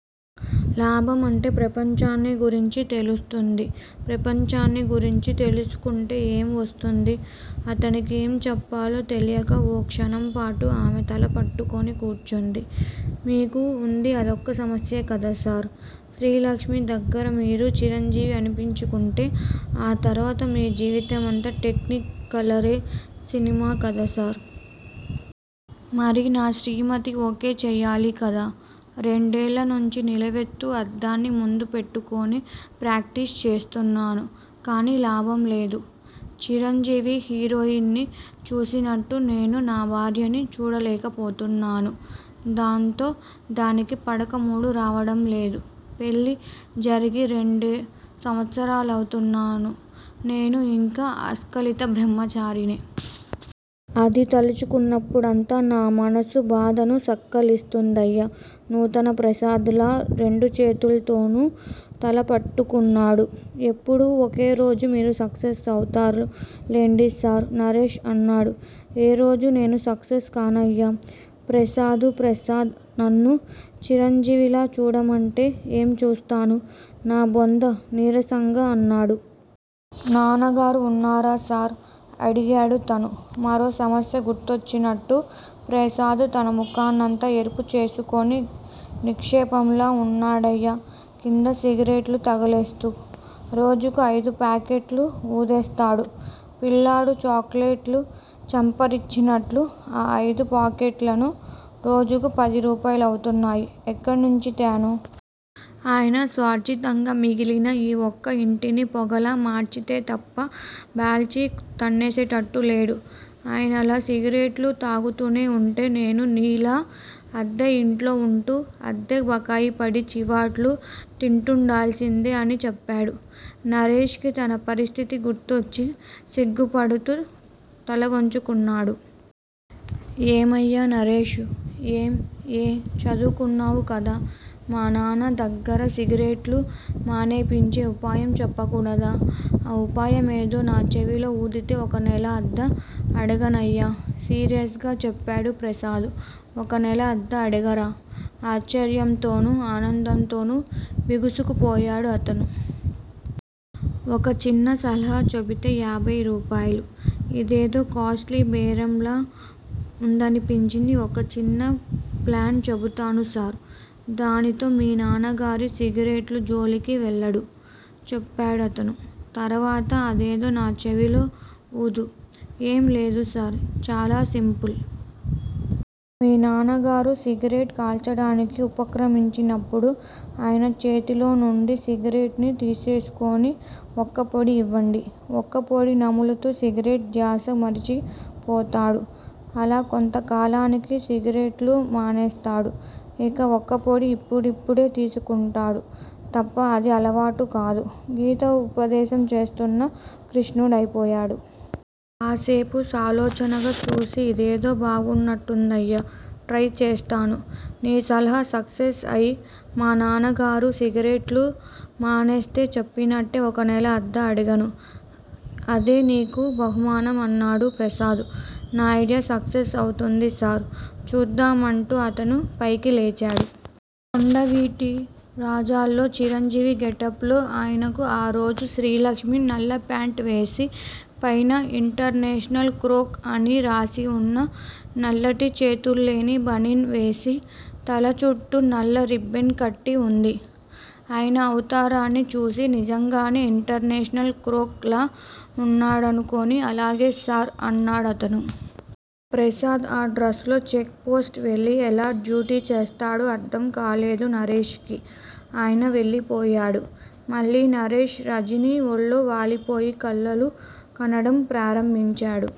లాభమంటే- ప్రపంచాన్ని గురించి తెలుస్తుంది ప్రపంచాన్ని గురించి తెలుసుకుంటే ఏం వస్తుంది? అతనికి ఏం చెప్పాలో తెలియక ఓ క్షణంపాటు ఆమె తల పట్టుక్కూర్చుంది. మీకు ఉన్నది అదొక్క సమస్యే కదా సార్! శ్రీలక్ష్మి దగ్గిర మీరు చిరంజీవి అనిపించుకుంటే ఆ తరువాత మీ జీవితమంతా టెక్నికలర్ సినిమా కదా సార్! మరి నా శ్రీమతి ఓకే చెయ్యాలి గదా! రెండేళ్ళ నుంచి నిలువెత్తు అద్దాన్ని ముందు పెట్టుకుని ప్రాక్టీసు చేస్తున్నాను. కానీ లాభం లేదే! చిరంజీవి హీరోయిన్ ని చూసినట్టు నేను నా భార్యను చూడలేక పోతున్నాను. దాంతో దానికి 'పడకమూడ్' రావడం లేదు. పెళ్ళి జరిగి రెండు సంవత్సరాలవుతున్నా నేను యింకా అస్కలిత బ్రహ్మచారినే. అది తలుచుకున్నప్పుడంతా నా మనసు బాధను స్కలిస్తుందయ్యా నూతన్ ప్రసాద్ లా రెండు చేతులతోనూ తల పట్టుకున్నాడు. ఎప్పుడో ఒకెరోజు మీరు సక్సెస్ అవుతారులెండి సార్ నరేష్ అన్నాడు. ఏ రోజూ నేను సక్సెస్ కానయ్యా! ప్రసాద్ ప్రసాదే! నన్ను చిరంజీవిలా చూడమంటే ఏం చూస్తాను నా బొంద నిరాసంగా అన్నాడు. నాన్నగారు వున్నారా సార్? అడిగాడతను. మరో సమస్య గుర్తొచ్చినట్టు ప్రసాద్ తన ముఖాన్నంతా ఎరుపు చేసుకుని నిక్షేపంలా వున్నాడయ్యా కింద సిగరెట్లు తగలేస్తూ. రోజుకు అయిదు ప్యాకెట్ లు వూదేస్తాడు పిల్లాడు చాక్ లెట్లను చప్పరించినట్లు. ఆ అయిదు పాకెట్లకూ రోజుకు పది రూపాయలవుతున్నాయి. ఎక్కడ్నించి తేను? ఆయన స్వార్జితంగా మిగిలిన ఈ ఒక్క యింటిని పొగలా మార్చితే తప్ప బాల్చీ తన్నేసేటట్టు లేడు. ఆయనలా సిగరెట్ లు తాగుతూనే వుంటే నేనూ నీలా అద్దె యింట్లో వుంటూ, అద్దె బకాయిపడి చీవాట్లు తింటుండాల్సిందే అని చెప్పాడు. నరేషుకి తన పరిస్థితి గుర్తొచ్చి సిగ్గుపడుతూ తలవంచుకున్నాడు. ఏమయ్యా నరేషూ! ఎం. ఏ. చదువుకున్నావ్ కదా! మానాన్న దగ్గిర సిగరెట్ లు మాన్పించే ఉపాయం చెప్పకూడదూ! ఆ ఉపాయమేదో నా చెవిలో వూదితే ఒక నెల అద్దె అడగనయ్యా! సీరియస్ గా చెప్పాడు ప్రసాద్. ఒక నెల అద్దె అడగరా? ఆశ్చర్యంతోనూ, ఆనందంతోనూ బిగుసుకుపోయాడతను. ఒక చిన్న సలహా చెబితే యాభై రూపాయలు. ఇదేదో కాస్ట్ లీ బేరంలా వుందనిపించి ఓ చిన్న ప్లాన్ చెబుతాను సార్! దానితో మీ నాన్నగారు సిగరెట్ల జోలికి వెళ్లడు చెప్పాడతను. త్వరగా అదేదో నా చెవిలో వూదు. ఏం లేదు సార్! చాలా సింపుల్! మీ నాన్నగారు సిగరెట్ కాల్చడానికి ఉపక్రమించినప్పుడు ఆయన చేతిలో నుండి సిగరెట్ ను తీసేసుకుని వక్కపొడి ఇవ్వండి. వక్కపొడి నములుతూ సిగరెట్ ధ్యాస మరిచి పోతాడు. అలా కొంత కాలానికి సిగరెట్ లు మానేస్తాడు. ఇక వక్కపొడి ఇప్పుడిప్పుడే తీసుకుంటాడు తప్ప అది అలవాటు కాదు గీతోపదేశం చేస్తున్న కృష్ణుడైపోయాడు. కాసేపు సాలోచనగా చూసి ఇదేదో బావుందన్నట్టుందయ్యో! ట్రై చేస్తాను. నీ సలహా సక్సెస్ అయి, మా నాన్నగారు సిగరెట్ లు మానేస్తేనే చెప్పినట్టు ఒక నెల అద్దె అడగను. అదే నీకు బహుమానం అన్నాడు ప్రసాద్. నా ఐడియా సక్సెస్ అవుతుంది సర్! చూద్దాం అంటూ అతను పైకి లేచాడు. కొండవీటి రాజాలో చిరంజీవి గెటప్ లో ఆయనకు ఆ రోజు శ్రీలక్ష్మి నల్ల ఫ్యాంట్ వేసి, పైన 'ఇంటర్నేషనల్ క్రూక్' అని రాసివున్న నల్లటి చేతుల్లేని బనీను వేసి, తల చుట్టూ నల్ల రిబ్బన్ కట్టి వుంది. ఆయన అవతారాన్ని చూసి నిజంగానే ఇంటర్నేషనల్ క్రూక్ లా వున్నాడనుకుని అలాగే సార్ అన్నాడతను. ప్రసాద్ ఆ డ్రస్ లో చెక్ పోస్టుకు వెళ్ళి ఎలా డ్యూటీ చేస్తాడో అర్థం కాలేదు నరేష్ కి. ఆయన వెళ్ళిపోయాడు. మళ్ళీ నరేష్ రజని ఒళ్ళో వాలిపోయి, కలలు కనడం ప్రారంభించాడు.